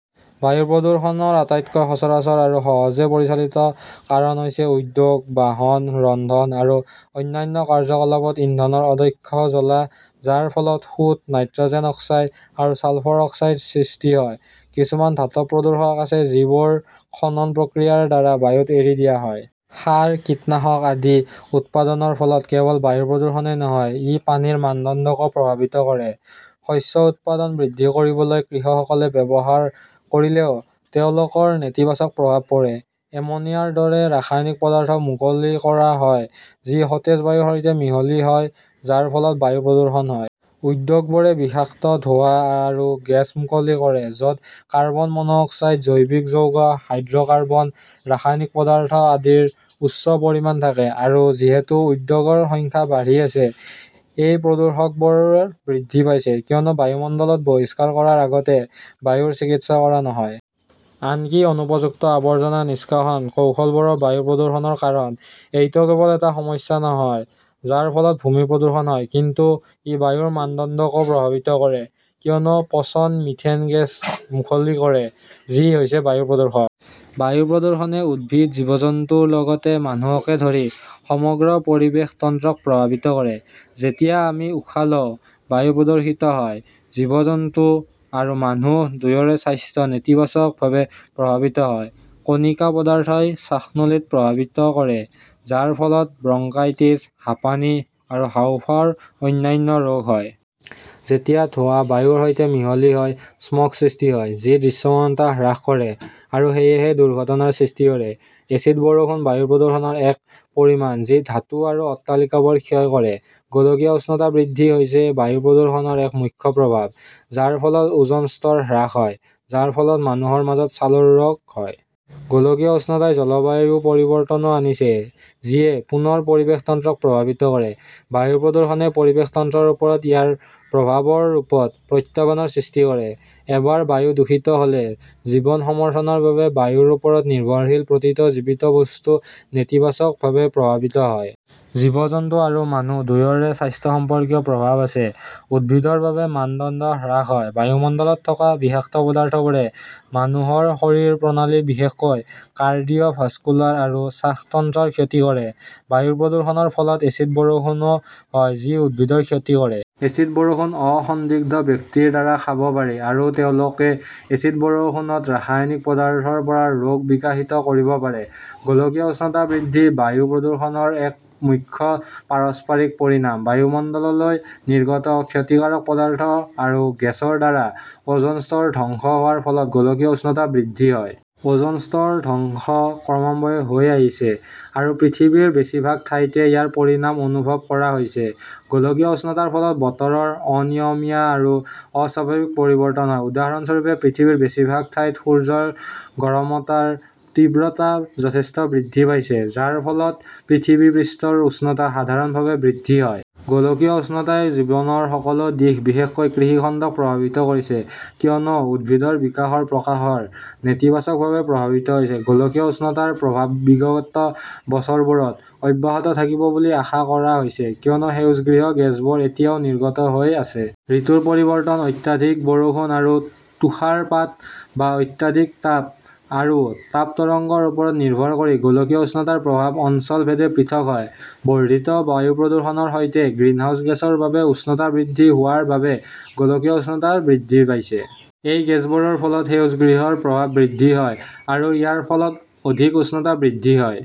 বায়ু প্ৰদূষণৰ আটাইতকৈ সচৰাচৰ আৰু সহজে পৰিচালিত কাৰণ হৈছে উদ্যোগ, বাহন, ৰন্ধন, আৰু অন্যান্য কাৰ্যকলাপত ইন্ধনৰ অদক্ষ জ্বলা যাৰ ফলত সূত, নাইট্ৰজেন অক্সাইড আৰু ছালফাৰ অক্সাইড সৃষ্টি হয়। কিছুমান ধাতৱ প্ৰদূষক আছে যিবোৰ খনন প্ৰক্ৰিয়াৰ দ্বাৰা বায়ুত এৰি দিয়া হয়। সাৰ, কীটনাশক আদিউৎপাদনৰ ফলত কেৱল বায়ু প্ৰদূষণেই নহয়, ই পানীৰ মানদণ্ডকো প্ৰভাৱিত কৰে। শস্য উৎপাদন বৃদ্ধিকৰিবলৈ কৃষকসকলে ব্যৱহাৰ কৰিলেও তেওঁলোকৰ নেতিবাচক প্ৰভাৱ পৰে। এমোনিয়াৰ দৰে ৰাসায়নিক পদাৰ্থ মুকলি কৰা হয় যি সতেজ বায়ুৰ সৈতে মিহলি হয় যাৰ ফলত বায়ু প্ৰদূষণ হয়। উদ্যোগবোৰে বিষাক্ত ধোঁৱা আৰু গেছ মুকলি কৰে য'ত কাৰ্বন মনোক্সাইড, জৈৱিক যৌগ, হাইড্ৰ'কাৰ্বন, ৰাসায়নিক পদাৰ্থ আদিৰ উচ্চ পৰিমাণ থাকে। আৰু যিহেতু উদ্যোগৰ সংখ্যা বাঢ়ি আছে, এই প্ৰদূষকবোৰ বৃদ্ধি পাইছে কিয়নো বায়ুমণ্ডলত বহিষ্কাৰ কৰাৰ আগতে বায়ুৰ চিকিৎসা কৰা নহয়। আনকি অনুপযুক্ত আৱৰ্জনা নিষ্কাশন কৌশলবোৰো বায়ু প্ৰদূষণৰ কাৰণ। এইটো কেৱল এটা সমস্যা নহয় যাৰ ফলত ভূমি প্ৰদূষণ হয় কিন্তু ই বায়ুৰ মানদণ্ডকো প্ৰভাৱিত কৰে কিয়নো পচন মিথেন গেছ মুকলি কৰে যি হৈছে বায়ু প্ৰদূষক। বায়ু প্ৰদূষণে উদ্ভিদ, জীৱ-জন্তু, লগতে মানুহকে ধৰি সমগ্ৰ পৰিৱেশ তন্ত্ৰক প্ৰভাৱিত কৰে। যেতিয়া আমি উশাহ লোৱা বায়ু প্ৰদূষিত হয়, জীৱ-জন্তু আৰু মানুহ দুয়োৰে স্বাস্থ্য নেতিবাচকভাৱে প্ৰভাৱিত হয়। কণিকা পদাৰ্থই শ্বাসনলীপ্ৰভাৱিত কৰে যাৰ ফলত ব্ৰংকাইটিছ, হাপানি, আৰু হাঁওফাঁওৰ অন্যান্য ৰোগ হয়। যেতিয়া ধোঁৱা বায়ুৰ সৈতে মিহলি হয়, স্মগ সৃষ্টি হয়, যি দৃশ্যমানতা হ্ৰাস কৰে আৰু সেয়েহে দুৰ্ঘটনাৰ সৃষ্টি কৰে। এচিড বৰষুণ বায়ু প্ৰদূষণৰ এক পৰিণাম যি ধাতু আৰু অট্টালিকাবোৰ ক্ষয় কৰে। গোলকীয় উষ্ণতা বৃদ্ধি হৈছে বায়ু প্ৰদূষণৰ এক মুখ্য প্ৰভাৱ, যাৰ ফলত ওজোন স্তৰ হ্ৰাস হয়, যাৰ ফলত মানুহৰ মাজত ছালৰ ৰোগ হয়। গোলকীয় উষ্ণতাই জলবায়ু পৰিৱৰ্তনও আনিছে যি য়ে পুনৰ পৰিৱেশ তন্ত্ৰক প্ৰভাৱিত কৰে। বায়ু প্ৰদূষণে পৰিৱেশ তন্ত্ৰৰ ওপৰত ইয়াৰ প্ৰভাৱৰ ৰূপত প্ৰত্যাহ্বানৰ সৃষ্টি কৰে। এবাৰ বায়ু প্ৰদূষিত হ'লে, জীৱন সমৰ্থনৰ বাবে বায়ুৰ ওপৰত নিৰ্ভৰশীল প্ৰতিটো জীৱিত বস্তু নেতিবাচকভাৱে প্ৰভাৱিত হয়। জীৱ-জন্তু আৰু মানুহ দুয়োৰে স্বাস্থ্যসম্পৰ্কীয় প্ৰভাৱ আছে, উদ্ভিদৰ বাবে, মানদণ্ড হ্ৰাস হয়। বায়ুমণ্ডলত থকা বিষাক্ত পদাৰ্থবোৰে মানুহৰ শৰীৰ প্ৰণালীবিশেষকৈ কাৰ্ডিওভাস্কুলাৰ আৰু শ্বাসতন্ত্ৰৰ ক্ষতি কৰে। বায়ু প্ৰদূষণৰ ফলত এচিড বৰষুণো হয় যি উদ্ভিদৰ ক্ষতি কৰে। এচিড বৰষুণ অসন্দিগ্ধ ব্যক্তিৰ দ্বাৰা খাব পাৰি আৰু তেওঁলোকে এচিড বৰষুণত ৰাসায়নিক পদাৰ্থৰ পৰা ৰোগ বিকশিত কৰিব পাৰে। গোলকীয় উষ্ণতা বৃদ্ধি বায়ু প্ৰদূষণৰ এক মুখ্য পাৰিপাৰ্শ্বিক পৰিণাম। বায়ুমণ্ডললৈ নিৰ্গত ক্ষতিকাৰক পদাৰ্থ আৰু গেছৰ দ্বাৰা ওজোন স্তৰ ধ্বংস হোৱাৰ ফলত গোলকীয় উষ্ণতা বৃদ্ধি হয়। ওজোন স্তৰৰ ধ্বংস ক্ৰমান্বয়ে হৈ আহিছে আৰু পৃথিৱীৰ বেছিভাগ ঠাইতে ইয়াৰ পৰিণাম অনুভৱ কৰা হৈছে। গোলকীয় উষ্ণতাৰ ফলত বতৰত অনিয়মীয়া আৰু অস্বাভাৱিক পৰিৱৰ্তন হয় উদাহৰণ স্বৰূপে পৃথিৱীৰ বেছিভাগ ঠাইত সূৰ্যৰ গৰমতাৰ তীব্ৰতা যথেষ্ট বৃদ্ধি পাইছে আৰু ইয়াৰ ফলত পৃথিৱীৰ পৃষ্ঠৰ উষ্ণতা সাধাৰণভাৱে বৃদ্ধি হয়। গোলকীয় উষ্ণতাই জীৱনৰ সকলো দিশ, বিশেষকৈ কৃষি খণ্ডক প্ৰভাৱিত কৰিছে কিয়নো উদ্ভিদৰ বিকাশৰ প্ৰকাৰ নেতিবাচকভাৱে প্ৰভাৱিত হৈছে। গোলকীয় উষ্ণতাৰ প্ৰভাৱ বিগত বছৰবোৰত অব্যাহত থাকিব বুলি আশা কৰা হৈছে কিয়নো সেউজগৃহ গেছবোৰ এতিয়াও নিৰ্গত হৈ আছে। ঋতুৰ পৰিৱৰ্তন, অত্যাধিক বৰষুণ আৰু তুষাৰপাত বা অত্যাধিক তাপ আৰু তাপ তৰংগৰ ওপৰত নিৰ্ভৰ কৰি গোলকীয় উষ্ণতাৰ প্ৰভাৱ অঞ্চল ভেদে পৃথক হয়। বৰ্ধিত বায়ু প্ৰদূষণৰ সৈতে, গ্ৰীণহাউচ গেছৰ বাবে উষ্ণতা বৃদ্ধি হোৱাৰ বাবে গোলকীয় উষ্ণতা বৃদ্ধি পাইছে। এই গেছবোৰৰ ফলত সেউজগৃহৰ প্ৰভাৱ বৃদ্ধি হয় আৰু ইয়াৰ ফলত অধিক উষ্ণতা বৃদ্ধি হয়।